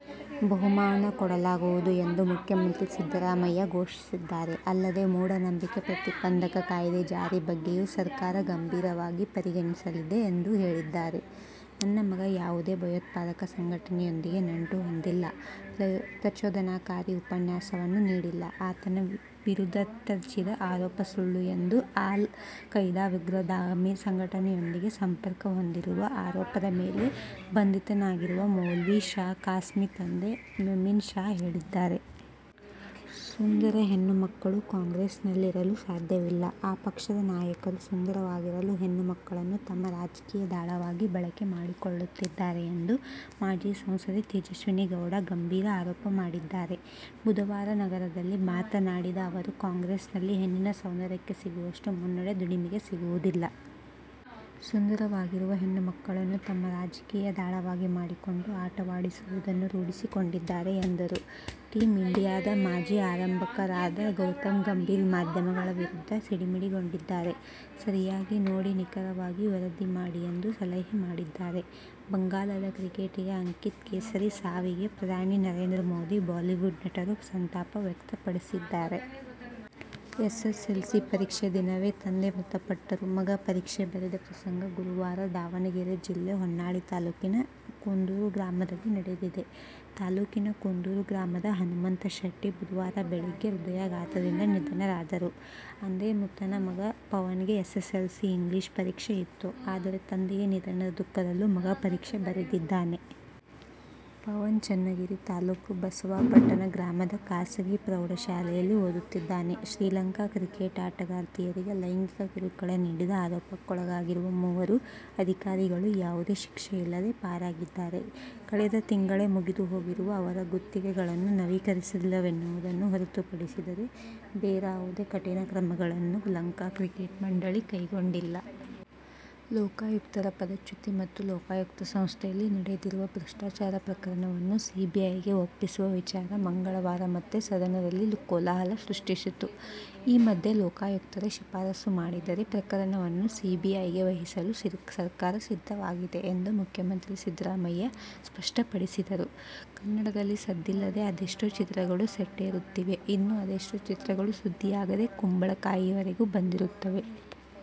ಬಹುಮಾನ ಕೊಡಲಾಗುವುದು ಎಂದು ಮುಖ್ಯಮಂತ್ರಿ ಸಿದ್ದರಾಮಯ್ಯ ಘೋಷಿಸಿದ್ದಾರೆ. ಅಲ್ಲದೆ ಮೂಢನಂಬಿಕೆ ಪ್ರತಿಬಂಧಕ ಕಾಯ್ದೆ ಜಾರಿ ಬಗ್ಗೆಯೂ ಸರ್ಕಾರ ಗಂಭೀರವಾಗಿ ಪರಿಗಣಿಸಲಿದೆ ಎಂದು ಹೇಳಿದ್ದಾರೆ. ನನ್ನ ಮಗ ಯಾವುದೇ ಭಯೋತ್ಪಾದಕ ಸಂಘಟನೆಯೊಂದಿಗೆ ನಂಟು ಹೊಂದಿಲ್ಲ. ಪ್ರಚೋದನಾಕಾರಿ ಉಪನ್ಯಾಸವನ್ನೂ ನೀಡಿಲ್ಲ. ಆತನ ವಿರುದಟಛಿದ ಆರೋಪ ಸುಳ್ಳು ಎಂದು ಅಲ್ ಖೈದಾ ಉಗ್ರಗಾಮಿ ಸಂಘಟನೆಯೊಂದಿಗೆ ಸಂಪರ್ಕ ಹೊಂದಿರುವ ಆರೋಪದ ಮೇಲೆ ಬಂಧಿತನಾಗಿರುವ ಮೌಲ್ವಿ ಶಾ ಖಾಸ್ಮಿತಂದೆ ಮೆಮಿನ್ ಶಾ ಹೇಳಿದ್ದಾರೆ. ಸುಂದರ ಹೆಣ್ಣು ಮಕ್ಕಳು ಕಾಂಗ್ರೆಸ್ನಲ್ಲಿರಲು ಸಾಧ್ಯವಿಲ್ಲ. ಆ ಪಕ್ಷದ ನಾಯಕರು ಸುಂದರವಾಗಿರುವ ಹೆಣ್ಣು ಮಕ್ಕಳನ್ನು ತಮ್ಮ ರಾಜಕೀಯ ದಾಳವಾಗಿ ಬಳಕೆ ಮಾಡಿಕೊಳ್ಳುತ್ತಿದ್ದಾರೆ ಎಂದು ಮಾಜಿ ಸಂಸದೆ ತೇಜಸ್ವಿನಿ ಗೌಡ ಗಂಭೀರ ಆರೋಪ ಮಾಡಿದ್ದಾರೆ. ಬುಧವಾರ ನಗರದಲ್ಲಿ ಮಾತನಾಡಿದ ಅವರು, ಕಾಂಗ್ರೆಸ್ನಲ್ಲಿ ಹೆಣ್ಣಿನ ಸೌಂದರ್ಯಕ್ಕೆ ಸಿಗುವಷ್ಟು ಮನ್ನಣೆ ದುಡಿಮೆಗೆ ಸಿಗುವುದಿಲ್ಲ. ಸುಂದರವಾಗಿರುವ ಹೆಣ್ಣು ಮಕ್ಕಳನ್ನು ತಮ್ಮ ರಾಜಕೀಯ ದಾಳವಾಗಿ ಮಾಡಿಕೊಂಡು ಆಟವಾಡಿಸುವುದನ್ನು ರೂಢಿಸಿಕೊಂಡಿದ್ದಾರೆ ಎಂದರು. ಟೀಮ್ ಇಂಡಿಯಾದ ಮಾಜಿ ಆರಂಭಕಾರ ಗೌತಮ್ ಗಂಭೀರ್ ಮಾಧ್ಯಮಗಳ ವಿರುದ್ಧ ಸಿಡಿಮಿಡಿಗೊಂಡಿದ್ದಾರೆ. ಸರಿಯಾಗಿ ನೋಡಿ ನಿಖರವಾಗಿ ವರದಿ ಮಾಡಿ ಎಂದು ಸಲಹೆ ಮಾಡಿದ್ದಾರೆ. ಬಂಗಾಲದ ಕ್ರಿಕೆಟಿಗ ಅಂಕಿತ್ ಕೇಸರಿ ಸಾವಿಗೆ ಪ್ರಧಾನಿ ನರೇಂದ್ರ ಮೋದಿ, ಬಾಲಿವುಡ್ ನಟರು ಸಂತಾಪ ವ್ಯಕ್ತಪಡಿಸಿದ್ದಾರೆ. ಎಸ್ಎಸ್ಎಲ್ಸಿ ಪರೀಕ್ಷೆ ದಿನವೇ ತಂದೆ ಮೃತಪಟ್ಟರೂ ಮಗ ಪರೀಕ್ಷೆ ಬರೆದ ಪ್ರಸಂಗ ಗುರುವಾರದಾವಣಗೆರೆ ಜಿಲ್ಲೆ ಹೊನ್ನಾಳಿ ತಾಲೂಕಿನ ಕುಂದೂರು ಗ್ರಾಮದಲ್ಲಿ ನಡೆದಿದೆ. ತಾಲೂಕಿನ ಕುಂದೂರು ಗ್ರಾಮದ ಹನುಮಂತಶೆಟ್ಟಿ ಬುಧವಾರ ಬೆಳಗ್ಗೆ ಹೃದಯಾಘಾತದಿಂದ ನಿಧನರಾದರು. ಅಂದೇ ಮೃತರ ಮಗ ಪವನ್ಗೆ ಎಸ್ಸೆಸ್ಸೆಲ್ಸಿ ಇಂಗ್ಲಿಷ್ ಪರೀಕ್ಷೆ ಇತ್ತು. ಆದರೆ ತಂದೆಯ ನಿಧನದ ದುಃಖದಲ್ಲೂ ಮಗ ಪರೀಕ್ಷೆ ಬರೆದಿದ್ದಾನೆ. ಪವನ್ ಚನ್ನಗಿರಿ ತಾಲೂಕು ಬಸವಾಪಟ್ಟಣ ಗ್ರಾಮದ ಖಾಸಗಿ ಪ್ರೌಢಶಾಲೆಯಲ್ಲಿ ಓದುತ್ತಿದ್ದಾನೆ. ಶ್ರೀಲಂಕಾ ಕ್ರಿಕೆಟ್ ಆಟಗಾರ್ತಿಯರಿಗೆ ಲೈಂಗಿಕ ಕಿರುಕುಳ ನೀಡಿದ ಆರೋಪಕ್ಕೊಳಗಾಗಿರುವ ಮೂವರು ಅಧಿಕಾರಿಗಳು ಯಾವುದೇ ಶಿಕ್ಷೆಯಿಲ್ಲದೇ ಪಾರಾಗಿದ್ದಾರೆ. ಕಳೆದ ತಿಂಗಳೇ ಮುಗಿದುಹೋಗಿರುವ ಅವರ ಗುತ್ತಿಗೆಗಳನ್ನು ನವೀಕರಿಸಿಲ್ಲವೆನ್ನುವುದನ್ನು ಹೊರತುಪಡಿಸಿದರೆ ಬೇರಾವುದೇ ಕಠಿಣ ಕ್ರಮಗಳನ್ನೂ ಲಂಕಾ ಕ್ರಿಕೆಟ್ ಮಂಡಳಿ ಕೈಗೊಂಡಿಲ್ಲ. ಲೋಕಾಯುಕ್ತರ ಪದಚ್ಯುತಿ ಮತ್ತು ಲೋಕಾಯುಕ್ತ ಸಂಸ್ಥೆಯಲ್ಲಿ ನಡೆದಿರುವ ಭ್ರಷ್ಟಾಚಾರ ಪ್ರಕರಣವನ್ನು ಸಿಬಿಐಗೆ ಒಪ್ಪಿಸುವ ವಿಚಾರ ಮಂಗಳವಾರ ಮತ್ತೆ ಸದನದಲ್ಲಿ ಕೋಲಾಹಲ ಸೃಷ್ಟಿಸಿತು. ಈ ಮಧ್ಯೆ ಲೋಕಾಯುಕ್ತರು ಶಿಫಾರಸು ಮಾಡಿದರೆ ಪ್ರಕರಣವನ್ನು ಸಿಬಿಐಗೆ ವಹಿಸಲು ಸರ್ಕಾರ ಸಿದ್ಧವಾಗಿದೆ ಎಂದು ಮುಖ್ಯಮಂತ್ರಿ ಸಿದ್ದರಾಮಯ್ಯ ಸಷ್ಟಪಡಿಸಿದರು. ಕನ್ನಡದಲ್ಲಿ ಸದ್ದಿಲ್ಲದೆ ಅದೆಷ್ಟೋ ಚಿತ್ರಗಳು ಸೆಟ್ಟೇರುತ್ತಿವೆ. ಇನ್ನು ಅದೆಷ್ಟೋ ಚಿತ್ರಗಳು ಸುದ್ದಿಯಾಗದೇ ಕುಂಬಳಕಾಯಿವರೆಗೂ ಬಂದಿರುತ್ತವೆ.